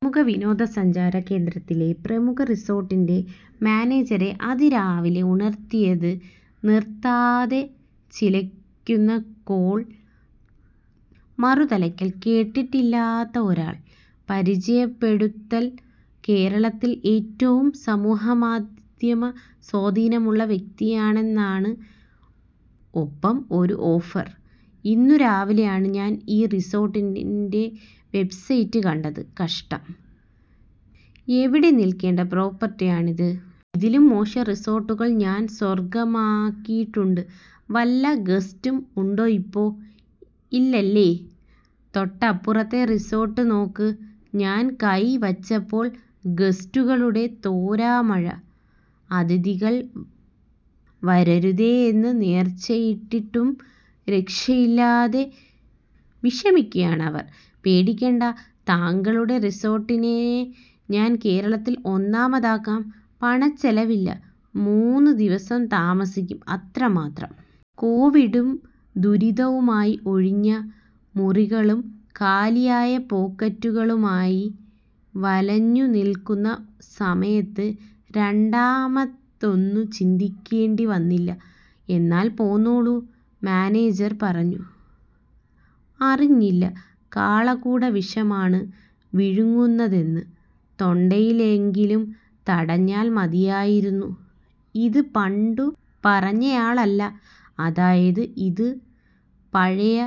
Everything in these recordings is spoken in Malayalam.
പ്രമുഖ വിനോദ സഞ്ചാര കേന്ദ്രത്തിലെ പ്രമുഖ റിസോർട്ടിൻ്റെ മാനേജരെ അതിരാവിലെ ഉണർത്തിയത് നിർത്താതെ ചിലയ്ക്കുന്ന കോൾ. മറുതലയ്ക്കൽ കേട്ടിട്ടില്ലാത്ത ഒരാൾ. പരിചയപ്പെടുത്തൽ കേരളത്തിൽ ഏറ്റവും സമൂഹമാധ്യമ സ്വാധീനമുള്ള വ്യക്തിയാണെന്നാണ്. ഒപ്പം ഒരു ഓഫർ. ഇന്നു രാവിലെയാണ് ഞാൻ ഈ റിസോർട്ടിൻ്റെ വെബ്സൈറ്റ് കണ്ടത്. കഷ്ടം, എവിടെ നിൽക്കേണ്ട പ്രോപ്പർട്ടിയാണിത്. ഇതിലും മോശം റിസോർട്ടുകൾ ഞാൻ സ്വർഗമാക്കിയിട്ടുണ്ട്. വല്ല ഗസ്റ്റും ഉണ്ടോ ഇപ്പോ? ഇല്ലല്ലോ? തൊട്ടപ്പുറത്തെ റിസോർട്ട് നോക്ക്. ഞാൻ കൈ വച്ചപ്പോൾ ഗസ്റ്റുകളുടെ തോരാമഴ. അതിഥികൾ വരരുതേയെന്നു നേർച്ചയിട്ടിട്ടും രക്ഷയില്ലാതെ വിഷമിക്കയാണവർ. പേടിക്കേണ്ട, താങ്കളുടെ റിസോർട്ടിനെ ഞാൻ കേരളത്തിൽ ഒന്നാമതാക്കാം. പണച്ചെലവില്ല. മൂന്നു ദിവസം താമസിക്കും, അത്ര മാത്രം. കോവിഡും ദുരിതവുമായി ഒഴിഞ്ഞ മുറികളും കാലിയായ പോക്കറ്റുകളുമായി വലഞ്ഞു നിൽക്കുന്ന സമയത്ത് രണ്ടാമതൊന്നു ചിന്തിക്കേണ്ടി വന്നില്ല. എന്നാൽ പോന്നോളൂ മാനേജർ പറഞ്ഞു. അറിഞ്ഞില്ല, കാളകൂടവിഷമാണ് വിഴുങ്ങുന്നതെന്ന്. തൊണ്ടയിലെങ്കിലും തടഞ്ഞാൽ മതിയായിരുന്നു. ഇത് പണ്ടു പറഞ്ഞയാളല്ല, അതായത് ഇതു പഴയ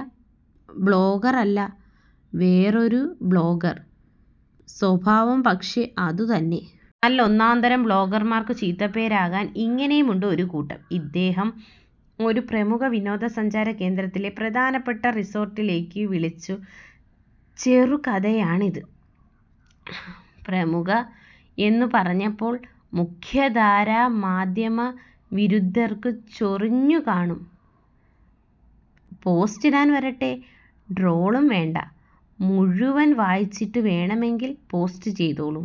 ബ്ലോഗർ അല്ല. വേറൊരു ബ്ലോഗർ. സ്വഭാവം പക്ഷേ അതുതന്നെ. നല്ലൊന്നാന്തരം ബ്ലോഗർമാർക്കു ചീത്തപ്പേരാകാൻ ഇങ്ങനെയുണ്ട് ഒരു കൂട്ടം. ഇദ്ദേഹം ഒരു പ്രമുഖ വിനോദ സഞ്ചാര കേന്ദ്രത്തിലെ പ്രധാനപ്പെട്ട റിസോർട്ടിലേക്കു വിളിച്ച ചെറുകഥയാണിത്. പ്രമുഖ എന്നു പറഞ്ഞപ്പോൾ മുഖ്യധാരാ മാധ്യമ വിരുദ്ധർക്കു ചൊറിഞ്ഞു കാണും. പോസ്റ്റിടാൻ വരട്ടെ, ട്രോളും വേണ്ട. മുഴുവൻ വായിച്ചിട്ടു വേണമെങ്കിൽ പോസ്റ്റ് ചെയ്തോളൂ.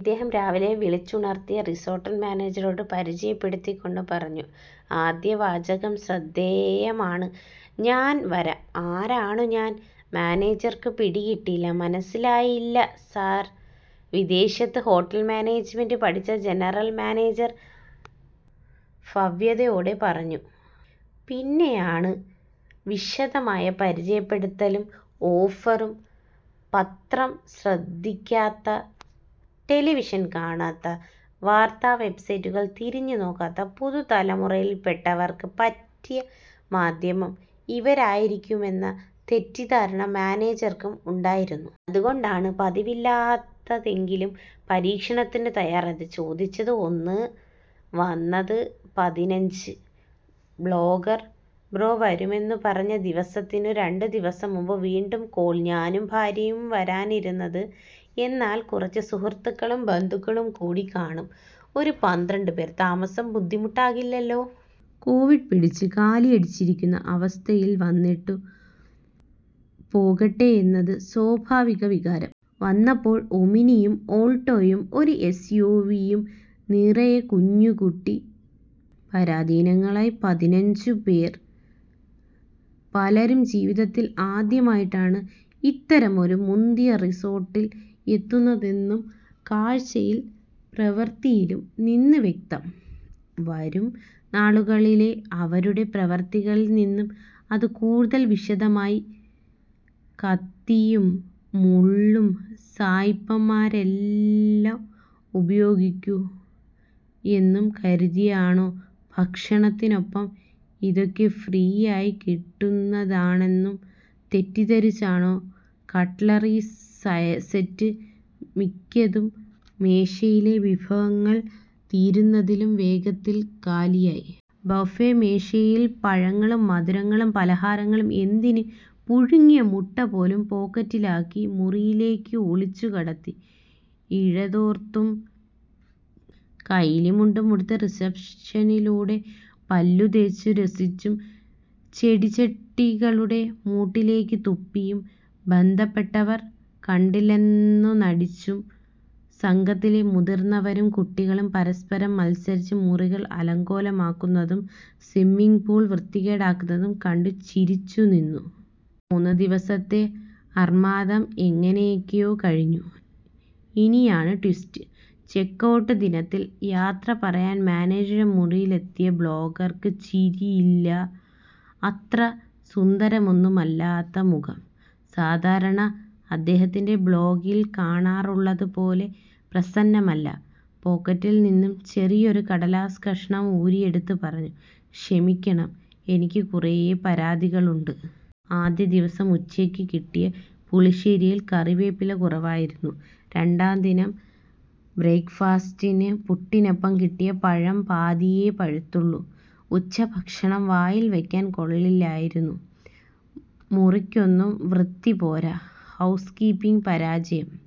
ഇദ്ദേഹം രാവിലെ വിളിച്ചുണർത്തിയ റിസോർട്ട് മാനേജരോട് പരിചയപ്പെടുത്തിക്കൊണ്ടു പറഞ്ഞ ആദ്യ വാചകം ശ്രദ്ധേയമാണ്. ഞാൻ വരാം. ആരാണു ഞാൻ? മാനേജർക്കു പിടികിട്ടിയില്ല. മനസ്സിലായില്ല സാർ. വിദേശത്ത് ഹോട്ടൽ മാനേജ്മെൻ്റ് പഠിച്ച ജനറൽ മാനേജർ ഭവ്യതയോടെ പറഞ്ഞു. പിന്നെയാണ് വിശദമായ പരിചയപ്പെടുത്തലും ഓഫറും. പത്രം ശ്രദ്ധിക്കാത്ത, ടെലിവിഷൻ കാണാത്ത, വാർത്താ വെബ്സൈറ്റുകൾ തിരിഞ്ഞു നോക്കാത്ത പുതുതലമുറയിൽപ്പെട്ടവർക്ക് പറ്റിയ മാധ്യമം ഇവരായിരിക്കുമെന്ന തെറ്റിദ്ധാരണ മാനേജർക്കും ഉണ്ടായിരുന്നിരിക്കണം. അതുകൊണ്ടാണ് പതിവില്ലാത്തതെങ്കിലും പരീക്ഷണത്തിനു തയാറായത്. ചോദിച്ചത് ഒന്ന്, വന്നത് പതിനഞ്ച്. ബ്ലോഗർ ബ്രോ വരുമെന്നു പറഞ്ഞ ദിവസത്തിനു രണ്ടു ദിനം മുമ്പ് വീണ്ടും കോൾ. ഞാനും ഭാര്യയുമാണ് വരാനിരുന്നത്. എന്നാൽ കുറച്ചു സുഹൃത്തുക്കളും ബന്ധുക്കളും കൂടിക്കാണും. ഒരു പന്ത്രണ്ട് പേർ. താമസം ബുദ്ധിമുട്ടാകില്ലല്ലോ? കോവിഡ് പിടിച്ചു കാലിയടിച്ചിരിക്കുന്ന അവസ്ഥയിൽ വന്നിട്ടു പോകട്ടെയെന്നതു സ്വാഭാവിക വികാരം. വന്നപ്പോഴോ? ഓമ്നിയും ഓൾട്ടോയും ഒരു എസ് യു വി യും നിറയെ കുഞ്ഞുകുട്ടി പരാധീനങ്ങളായി പതിനഞ്ച് പേർ. പലരും ജീവിതത്തിൽ ആദ്യമായാണ് ഇത്തരമൊരു മുന്തിയ റിസോർട്ടിൽ എത്തുന്നതെന്നു കാഴ്ചയിലും പ്രവൃത്തിയിലും നിന്ന് വ്യക്തം. വരും നാളുകളിലെ അവരുടെ പ്രവൃത്തികളിൽ നിന്ന് അതു കൂടുതൽ വിശദമായി. കത്തിയും മുള്ളും സായിപ്പന്മാരല്ലേ ഉപയോഗിക്കൂ എന്നു കരുതിയാണോ ഭക്ഷണത്തിനൊപ്പം ഇതൊക്കെ ഫ്രീയായി കിട്ടുന്നതാണെന്നു തെറ്റിദ്ധരിച്ചാണോ കട്ലറി സെറ്റ് മിക്കതും മേശയിലെ വിഭവങ്ങൾ തീരുന്നതിലും വേഗത്തിൽ കാലിയായി. ബഫെ മേശയിലെ പഴങ്ങളും മധുര പലഹാരങ്ങളും എന്തിന്, പുഴുങ്ങിയ മുട്ട പോലും പോക്കറ്റിലാക്കി മുറിയിലേക്ക് ഒളിച്ചു കടത്തി. ഇഴത്തോർത്തും കൈലിമുണ്ടുമുടുത്ത് റിസപ്ഷനിലൂടെ പല്ലു തേച്ചു രസിച്ചു. ചെടിച്ചട്ടികളുടെ മൂട്ടിലേക്ക് തുപ്പി. ബന്ധപ്പെട്ടവർ കണ്ടില്ലെന്നു നടിച്ചു. സംഘത്തിലെ മുതിർന്നവരും കുട്ടികളും പരസ്പരം മത്സരിച്ച് മുറികൾ അലങ്കോലമാക്കുന്നതും സ്വിമ്മിങ് പൂൾ വൃത്തികേടാക്കുന്നതും കണ്ടു ചിരിച്ചു നിന്നു. മൂന്നു ദിവസത്തെ അർമാദം എങ്ങനെയൊക്കെയോ കഴിഞ്ഞു. ഇനിയാണ് ട്വിസ്റ്റ്. ചെക്ക് ഔട്ട് ദിനത്തിൽ യാത്ര പറയാൻ മാനേജരുടെ മുറിയിലെത്തിയ ബ്ലോഗർക്ക് ചിരിയില്ല. അത്ര സുന്ദരമൊന്നുമല്ലാത്ത മുഖം സാധാരണ അദ്ദേഹത്തിൻ്റെ ബ്ലോഗിൽ കാണാറുള്ളതു പോലെ പ്രസന്നമല്ല. പോക്കറ്റിൽ നിന്ന് ചെറിയൊരു കടലാസ് കഷണം ഊരിയെടുത്തു പറഞ്ഞു. ക്ഷമിക്കണം, എനിക്കു കുറേ പരാതികളുണ്ട്. ആദ്യ ദിവസം ഉച്ചയ്ക്കു കിട്ടിയ പുളിശ്ശേരിയിൽ കറിവേപ്പില കുറവായിരുന്നു. രണ്ടാം ദിനം ബ്രേക്ക് ഫാസ്റ്റിന് പുട്ടിനൊപ്പം കിട്ടിയ പഴം പാതിയേ പഴുത്തുള്ളൂ. ഉച്ചഭക്ഷണം വായിൽ വയ്ക്കാൻ കൊള്ളില്ലായിരുന്നു. മുറിക്കൊന്നും വൃത്തി പോരാ. ഹൗസ് കീപ്പിങ് പരാജയം.